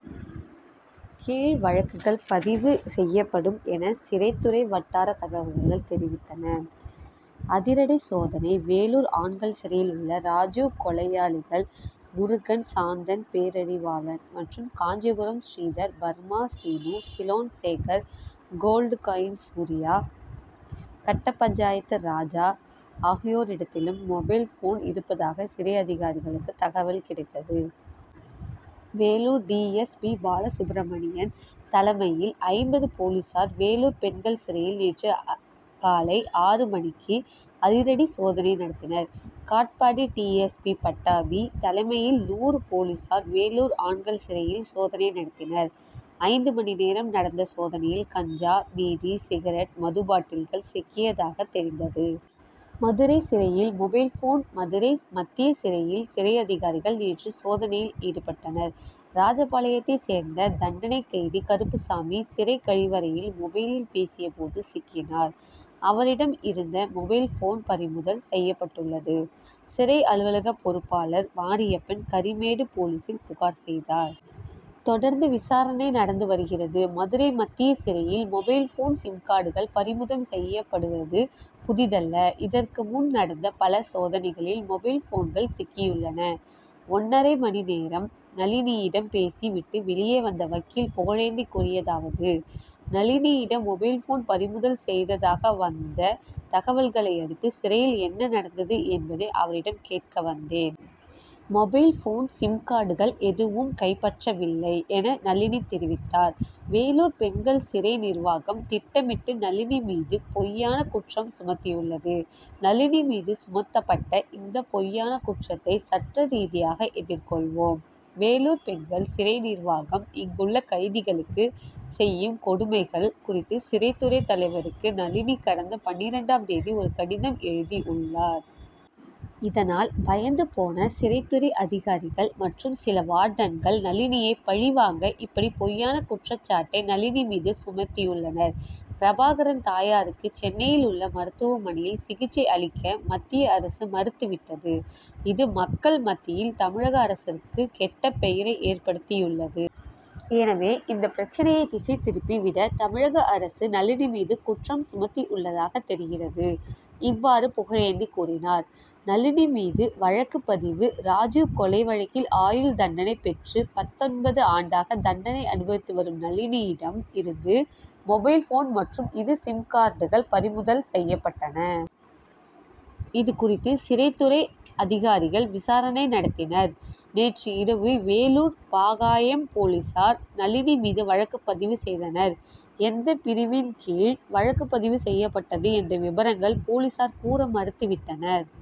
கீழ் வழக்குகள் பதிவு செய்யப்படும் என சிறைத்துறை வட்டார தகவல்கள் தெரிவித்தன. அதிரடி சோதனை வேலூர் ஆண்கள் சிறையில் உள்ள ராஜிவ் கொலையாளிகள் முருகன் சாந்தன் பேரறிவாளன் மற்றும் Kanchipuram Sridhar, Burma Seenu, Ceylon Sekar, gold coin Surya, கட்டபஞ்சாயத்து ராஜா ஆகியோரிடத்திலும் மொபைல் போன் இருப்பதாக சிறை அதிகாரிகளுக்கு தகவல் கிடைத்தது. வேலூர் டி. எஸ். பி.பாலசுப்பிரமணியன் தலைமையில் ஐம்பது போலீசார் வேலூர் பெண்கள் சிறையில் நேற்று காலை ஆறு மணிக்கு அதிரடி சோதனை நடத்தினர். காட்பாடி டி. எஸ். பி.பட்டாபி தலைமையில் நூறு போலீசார் வேலூர் ஆண்கள் சிறையில் சோதனை நடத்தினர். ஐந்து மணி நேரம் நடந்த சோதனையில் கஞ்சா, பீடி, சிகரெட், மது பாட்டில்கள் சிக்கியதாக தெரிந்தது. மதுரை சிறையில் மொபைல் போன் மதுரை மத்திய சிறையில் சிறை அதிகாரிகள் நேற்று சோதனையில் ஈடுபட்டனர். ராஜபாளையத்தைச் சேர்ந்த தண்டனைக் கைதி கருப்புசாமி சிறை கழிவறையில் மொபைலில் பேசிய போது சிக்கினார். அவரிடம் இருந்த மொபைல் போன் பறிமுதல் செய்யப்பட்டது. சிறை அலுவலக பொறுப்பாளர் மாரியப்பன் கரிமேடு போலீசில் புகார் செய்தார். தொடர்ந்து விசாரணை நடந்து வருகிறது. மதுரை மத்திய சிறையில் மொபைல் போன் சிம்கார்டுகள் பறிமுதல் செய்யப்படுவது புதிதல்ல. இதற்கு முன் நடந்த பல சோதனைகளில் மொபைல் போன்கள் சிக்கியுள்ளன. ஒன்றரை மணி நேரம் நளினியிடம் பேசி விட்டு வெளியே வந்த வக்கீல் புகழேந்தி கூறியதாவது:நளினியிடம் மொபைல் போன் பறிமுதல் செய்ததாக வந்த தகவல்களையடுத்து சிறையில் என்ன நடந்தது என்பதை அவரிடம் கேட்க வந்தேன். மொபைல் போன் சிம் கார்டுகள் எதுவும் கைப்பற்றவில்லை என நளினி தெரிவித்தார். வேலூர் பெண்கள் சிறை நிர்வாகம் திட்டமிட்டு நளினி மீது பொய்யான குற்றம் சுமத்தியுள்ளது. நளினி மீது சுமத்தப்பட்ட இந்த பொய்யான குற்றத்தை சட்டரீதியாக எதிர் கொள்வோம். வேலூர் பெண்கள் சிறை நிர்வாகம் இங்குள்ள கைதிகளுக்கு செய்யும் கொடுமைகள் குறித்து சிறைத்துறை தலைவருக்கு நளினி கடந்த பன்னிரண்டாம் தேதி ஒரு கடிதம் எழுதி உள்ளார். இதனால் பயந்து போன சிறைத்துறை அதிகாரிகள் மற்றும் சில வார்டன்கள் நளினியை பழி வாங்க இப்படி பொய்யான குற்றச்சாட்டை நளினி மீது சுமத்தியுள்ளனர். பிரபாகரன் தாயாருக்கு சென்னையில் உள்ள மருத்துவமனையில் சிகிச்சை அளிக்க மத்திய அரசு மறுத்து விட்டது. இது மக்கள் மத்தியில் தமிழக அரசுக்கு கெட்ட பெயரை ஏற்படுத்தியுள்ளது. எனவே இந்த பிரச்னையை திசை திருப்பி விட தமிழக அரசு நளினி மீது குற்றம் சுமத்தியுள்ளதாக தெரிகிறது. இவ்வாறு புகழேந்தி கூறினார். நளினி மீது வழக்கு பதிவு ராஜிவ் கொலை வழக்கில் ஆயுள் தண்டனை பெற்று பத்தொன்பது ஆண்டாக தண்டனை அனுபவித்து வரும் நளினியிடம் இருந்து மொபைல் ஃபோன் மற்றும் இரு சிம்கார்டுகள் பறிமுதல் செய்யப்பட்டன. இது குறித்து சிறைத்துறை அதிகாரிகள் விசாரணை நடத்தினர். நேற்று இரவு வேலூர் பாகாயம் போலீஸார் நளினி மீது வழக்கு பதிவு செய்தனர். எந்த பிரிவின் கீழ் வழக்கு பதிவு செய்யப்பட்டது என்ற விபரங்கள் போலீஸார் கூற மறுத்துவிட்டனர்.